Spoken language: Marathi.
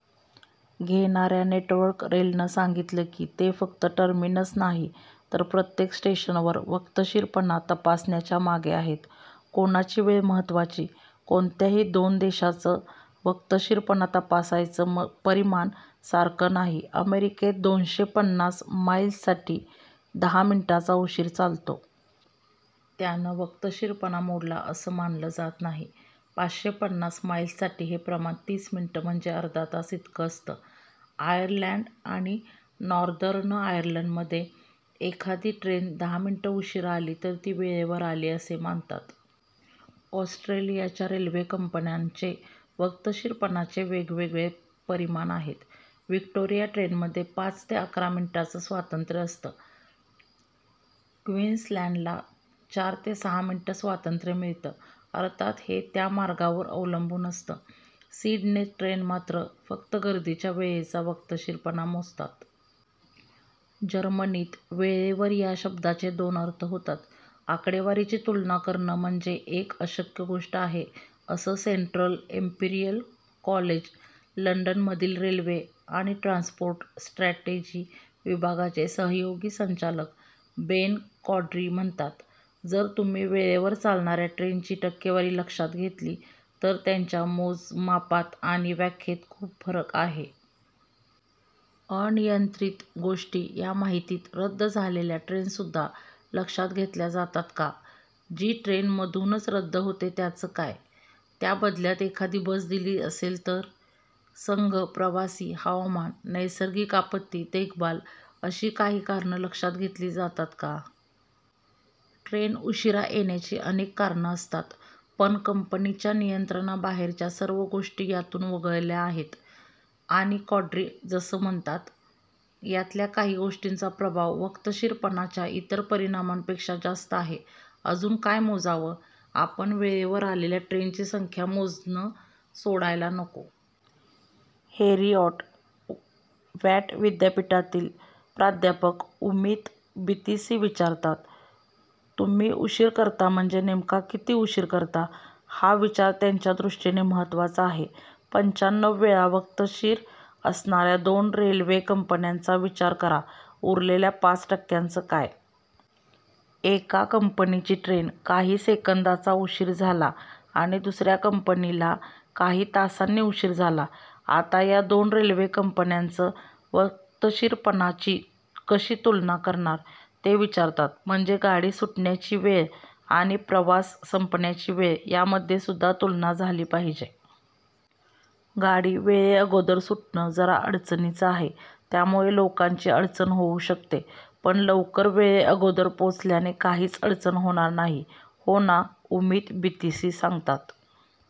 घेणाऱ्या नेटवर्क रेलने सांगितलं की, ते फक्त टर्मिनस नाही तर प्रत्येक स्टेशनवर वक्तशीरपणा तपासण्याच्या मागे आहेत. कोणाची वेळ महत्त्वाची? कोणत्याही दोन देशांचं वक्तशीरपणा तपासायचं परिमाण सारखं नाही. अमेरिकेत दोनशे पन्नास माईल्स साठी दहा मिनिटांचा उशीर चालतो. त्यानं वक्तशीरपणा मोडला असं मानलं जात नाही. पाचशे पन्नास माईल्ससाठी हे प्रमाण तीस मिनिटं म्हणजे अर्धा तास इतकं असतं. आयर्लंड आणि नॉर्दर्न आर्यर्लंडमध्ये एखादी ट्रेन दहा मिनिटं उशीरा आली तर ती वेळेवर आली असे मानतात. ऑस्ट्रेलियाच्या रेल्वे कंपन्यांचे वक्तशीरपणाचे वेगवेगळे परिमाण आहेत. व्हिक्टोरिया ट्रेनमध्ये पाच ते अकरा मिनिटांचं स्वातंत्र्य असतं. क्वीन्सलँडला चार ते सहा मिनिटं स्वातंत्र्य मिळतं. अर्थात हे त्या मार्गावर अवलंबून असतं. सिडने ट्रेन मात्र फक्त गर्दीच्या वेळेचा वक्तशीरपणा मोजतात. जर्मनीत वेळेवर या शब्दाचे दोन अर्थ होतात. आकडेवारीची तुलना करणं म्हणजे एक अशक्य गोष्ट आहे, असं सेंट्रल एम्पिरियल कॉलेज लंडनमधील रेल्वे आणि ट्रान्सपोर्ट स्ट्रॅटेजी विभागाचे सहयोगी संचालक बेन कॉड्री म्हणतात. जर तुम्ही वेळेवर चालणाऱ्या ट्रेनची टक्केवारी लक्षात घेतली, तर त्यांच्या मोजमापात आणि व्याख्येत खूप फरक आहे. अनियंत्रित गोष्टी या माहितीत रद्द झालेल्या ट्रेनसुद्धा लक्षात घेतल्या जातात का? जी ट्रेन मधूनच रद्द होते त्याचं काय? त्या बदल्यात एखादी बस दिली असेल तर? संप, प्रवासी, हवामान, नैसर्गिक आपत्ती, देखभाल अशी काही कारणं लक्षात घेतली जातात का? ट्रेन उशीरा येण्याची अनेक कारणं असतात. पण कंपनीच्या नियंत्रणाबाहेरच्या सर्व गोष्टी यातून वगळल्या आहेत. आणि कॉड्री जसं म्हणतात, यातल्या काही गोष्टींचा प्रभाव वक्तशीरपणाच्या इतर परिमाणांपेक्षा जास्त आहे. अजून काय मोजावं? आपण वेळेवर आलेल्या ट्रेनची संख्या मोजणं सोडायला नको. हेरिऑट वॅट विद्यापीठातील प्राध्यापक उमित बितीसी विचारतात, तुम्ही उशीर करता म्हणजे नेमका किती उशीर करता? हा विचार त्यांच्या दृष्टीने महत्त्वाचा आहे. पंच्याण्णव वेळा वक्तशीर असणाऱ्या दोन रेल्वे कंपन्यांचा विचार करा. उरलेल्या पाच टक्क्याचं काय? एका कंपनीची ट्रेन काही सेकंदाचा उशीर झाला आणि दुसऱ्या कंपनीला काही तासांनी उशीर झाला. आता या दोन रेल्वे कंपन्यांचं वक्तशीरपणाची कशी तुलना करणार? ते विचारतात. म्हणजे गाडी सुटण्याची वेळ आणि प्रवास संपण्याची वेळ यामध्येसुद्धा तुलना झाली पाहिजे. गाडी वेळेअगोदर सुटणं जरा अडचणीचं आहे. त्यामुळे लोकांची अडचण होऊ शकते. पण लवकर वेळेअगोदर पोचल्याने काहीच अडचण होणार नाही, हो ना? उमित बितीसी सांगतात.